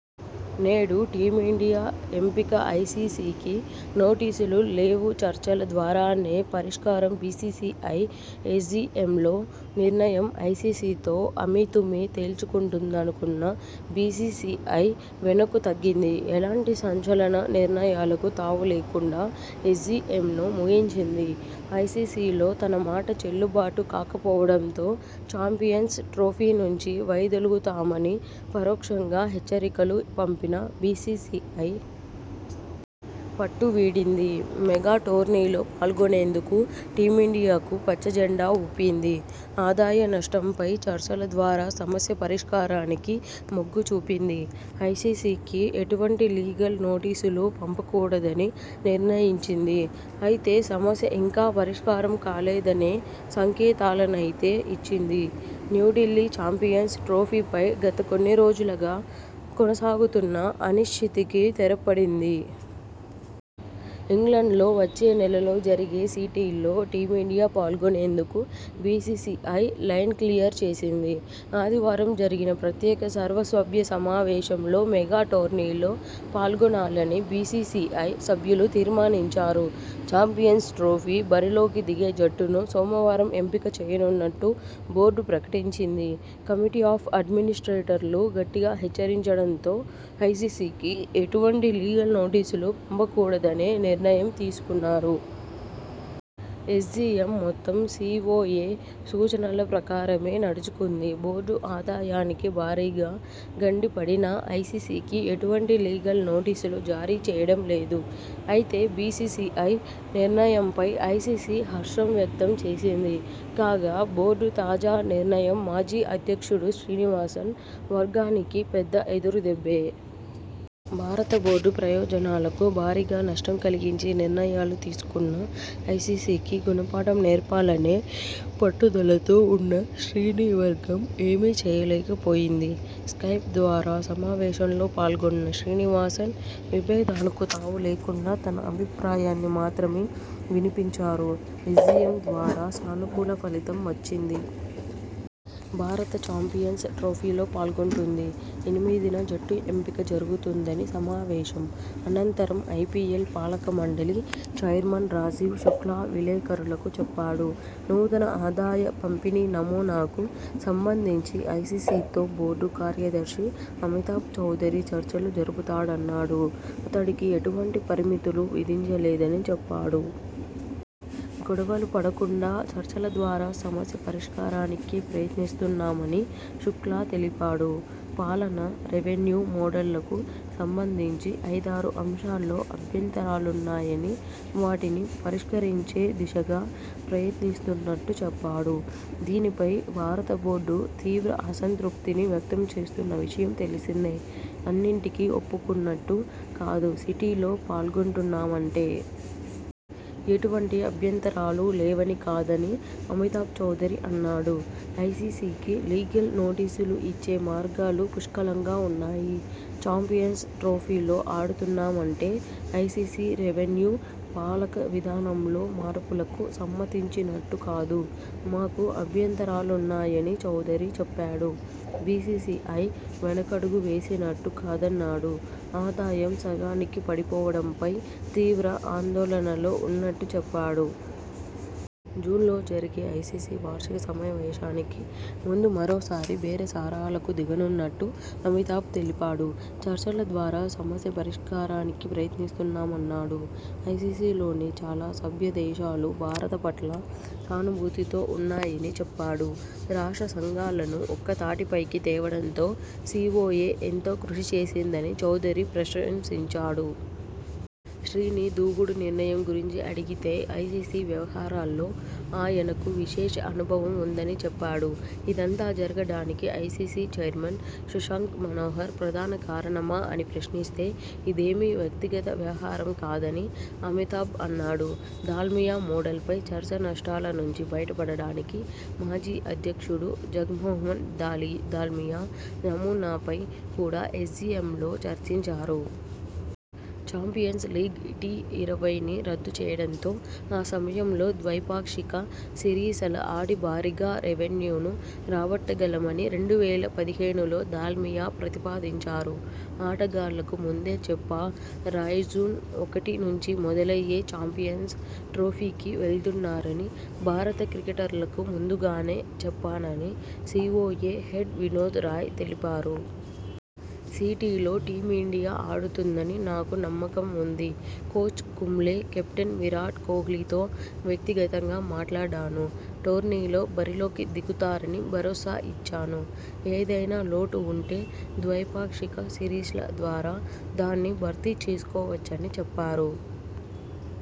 నేడు టీమిండియా ఎంపికఐసీసీకి నోటీసులు లేవుచర్చల ద్వారానే పరిష్కారంబీసీసీఐ ఎస్జీఎంలో నిర్ణయం ఐసీసీతో అమీతుమీ తేల్చుకుంటుందనుకున్న బీసీసీఐ.. వెనక్కు తగ్గింది. ఎలాంటి సంచలన నిర్ణయాలకు తావులేకుండా ఎస్జీఎంను ముగించింది. ఐసీసీలో తన మాట చెల్లుబాటు కాకపోవడంతో.. చాంపియన్స్ ట్రోఫీ నుంచి వైదొలుగుతామని పరోక్షంగా హెచ్చరికలు పంపిన బీసీసీఐ.. పట్టువీడింది. మెగా టోర్నీలో పాల్గొనేందుకు టీమిండియాకు పచ్చ జెండా ఊపింది. ఆదాయ నష్టంపై చర్చల ద్వారా సమస్య పరిష్కారానికి మొగ్గు చూపింది. ఐసీసీకి ఎటువంటి లీగల్ నోటీసులూ పంపకూడదని నిర్ణయించింది. అయితే సమస్య ఇంకా పరిష్కారం కాలేదనే సంకేతాలనైతే ఇచ్చింది..! న్యూఢిల్లీ చాంపియన్స్ ట్రోఫీ పై గత కొన్ని రోజులుగా కొనసాగుతున్న అనిశ్చితికి తెరపడింది. ఇంగ్లండ్లో వచ్చే నెలలో జరిగే సీటీలో టీమిండియా పాల్గొనేందుకు బీసీసీఐ లైన్క్లియర్ చేసింది. ఆదివారం జరిగిన ప్రత్యేక సర్వసభ్య సమావేశం లో మెగా టోర్నీలో పాల్గొనాలని బీసీసీఐ సభ్యులు తీర్మానించారు. చాంపియన్స్ ట్రోఫీ బరిలోకి దిగే జట్టును సోమవారం ఎంపిక చేయనున్నట్టు బోర్డు ప్రకటించింది. కమిటీ ఆఫ్ అడ్మినిస్ట్రేటర్లు గట్టిగా హెచ్చరించడంతో ఐసీసీకి ఎటువంటి లీగల్ నోటీసులు పంపకూడదనే నిర్ణయం తీసుకున్నారు. ఎస్జీఎం మొత్తం సీవోఏ సూచనల ప్రకారమే నడుచుకుంది. బోర్డు ఆదాయానికి భారీగా గండిపడినా ఐసీసీకి ఎటువంటి లీగల్ నోటీసులు జారీ చేయడం లేదు. అయితే బీసీసీఐ నిర్ణయంపై ఐసీసీ హర్షం వ్యక్తం చేసింది. కాగా, బోర్డు తాజా నిర్ణయం మాజీ అధ్యక్షుడు శ్రీనివాసన్ వర్గానికి పెద్ద ఎదురుదెబ్బే..! భారత బోర్డు ప్రయోజనాలకు భారీగా నష్టం కలిగించే నిర్ణయాలు తీసుకున్న ఐసీసీకి గుణపాఠం నేర్పాలనే పట్టుదలతో ఉన్న శ్రీని వర్గం.. ఏమీ చేయలేక పోయింది. స్కైప్ ద్వారా సమావేశంలో పాల్గొన్న శ్రీనివాసన్.. విభేదాలకు తావులేకుండా తన అభిప్రాయాన్ని మాత్రమే వినిపించారు. ఎస్జీఎం ద్వారా సానుకూల ఫలితం వచ్చింది. భారత చాంపియన్స్ ట్రోఫీలో పాల్గొంటుంది. ఎనిమిదిన జట్టు ఎంపిక జరుగుతుంద'ని సమావేశం అనంతరం ఐపీఎల్ పాలకమండలి చైర్మన్ రాజీవ్ శుక్లా విలేకరులకు చెప్పాడు. నూతన ఆదాయ పంపిణీ నమూనాకు సంబంధించి ఐసీసీతో బోర్డు కార్యదర్శి అమితాబ్ చౌదరి చర్చలు జరుపుతాడన్నాడు. అతడికి ఎటువంటి పరిమితులూ విధించలేదని చెప్పాడు. గొడవలు పడకుండా చర్చల ద్వారా సమస్య పరిష్కారానికే ప్రయత్నిస్తున్నామని శుక్లా తెలిపాడు. పాలన, రెవెన్యూ మోడళ్లకు సంబంధించి ఐదారు అంశాల్లో అభ్యంతరాలున్నాయని.. వాటిని పరిష్కరించే దిశగా ప్రయత్నిస్తున్నట్టు చెప్పా డు. దీనిపై భారత బోర్డు తీవ్ర అసంతృప్తిని వ్యక్తం చేస్తున్న విషయం తెలిసిందే. అన్నింటికీ ఒప్పుకున్నట్టు కాదు సీటీలో పాల్గొంటున్నామంటే.. ఎటువంటి అభ్యంతరాలూ లేవని కాదని అమితాబ్ చౌదరి అన్నాడు. ఐసీసీకి లీగల్ నోటీసులు ఇచ్చే మార్గాలు పుష్కలంగా ఉన్నాయి. చాంపియన్స్ ట్రోఫీలో ఆడుతున్నామంటే.. ఐసీసీ రెవెన్యూ, పాలక విధానంలో మార్పులకు సమ్మతించినట్టు కాదు. మాకు అభ్యంతరాలున్నాయని చౌదరి చెప్పాడు. బీసీసీఐ వెనకడుగు వేసినట్టు కాదన్నాడు. ఆదాయం సగానికి పడిపోవడంపై తీవ్ర ఆందోళనలో ఉన్నట్టు చెప్పాడు. జూన్లో జరిగే ఐసీసీ వార్షిక సమావేశానికి ముందు మరోసారి బేరసారాలకు దిగనున్నట్టు అమితాబ్ తెలిపాడు. చర్చల ద్వారా సమస్య పరిష్కారానికి ప్రయత్నిస్తున్నామన్నాడు. ఐసీసీలోని చాలా సభ్యదేశాలు భారత పట్ల సానుభూతితో ఉన్నాయని చెప్పాడు. రాష్ట్ర సంఘాలను ఒక్క తాటిపైకి తేవడంతో సీవోఏ ఎంతో కృషి చేసిందని చౌదరి ప్రశంసించాడు. శ్రీని దూకుడు నిర్ణయం గురించి అడిగితే.. ఐసీసీ వ్యవహారాల్లో ఆ యనకు విశేష అనుభవం ఉందని చెప్పాడు. ఇదంతా జరగడానికి ఐసీసీ చైర్మన్ శుశాంక్ మనోహర్ ప్రధాన కారణమా అని ప్రశ్నిస్తే.. ఇదేమీ వ్యక్తిగత వ్యవహా రం కాదని అమితాబ్ అన్నాడు. దాల్మియా మోడల్ పై చర్చ నష్టాల నుంచి బయటపడడానికి మాజీ అధ్యక్షుడు జగ్మోహన్ దాలి దాల్మియా నమూనాపై కూడా ఎస్జీఎంలో చర్చించారు. చాంపియన్స్ లీగ్ టీఇరవైని రద్దు చేయడంతో ఆ సమయంలో ద్వైపాక్షిక సిరీసల ఆడి భారీగా రెవెన్యూను రాబట్టగలమని రెండు వేల పదిహేనులో దాల్మియా ప్రతిపాదించారు. ఆటగాళ్లకు ముందే చెప్పా రాయ్జూన్ ఒకటి నుంచి మొదలయ్యే చాంపియన్స్ ట్రోఫీకి వెళ్తున్నారని భారత క్రికెటర్లకు ముందుగానే చెప్పానని సీవోఏ హెడ్ వినోద్ రాయ్ తెలిపారు. సీటీలో టీమిండియా ఆడుతుందని నాకు నమ్మకం ఉంది. కోచ్ కుంబ్లే, కెప్టెన్ విరాట్ కోహ్లీతో వ్యక్తిగతంగా మాట్లాడాను. టోర్నీలో బరిలోకి దిగుతారని భరోసా ఇచ్చాను. ఏదైనా లోటు ఉంటే ద్వైపాక్షిక సిరీస్ ల ద్వారా దాన్ని భర్తీ చేసుకోవచ్చని చెప్పారు.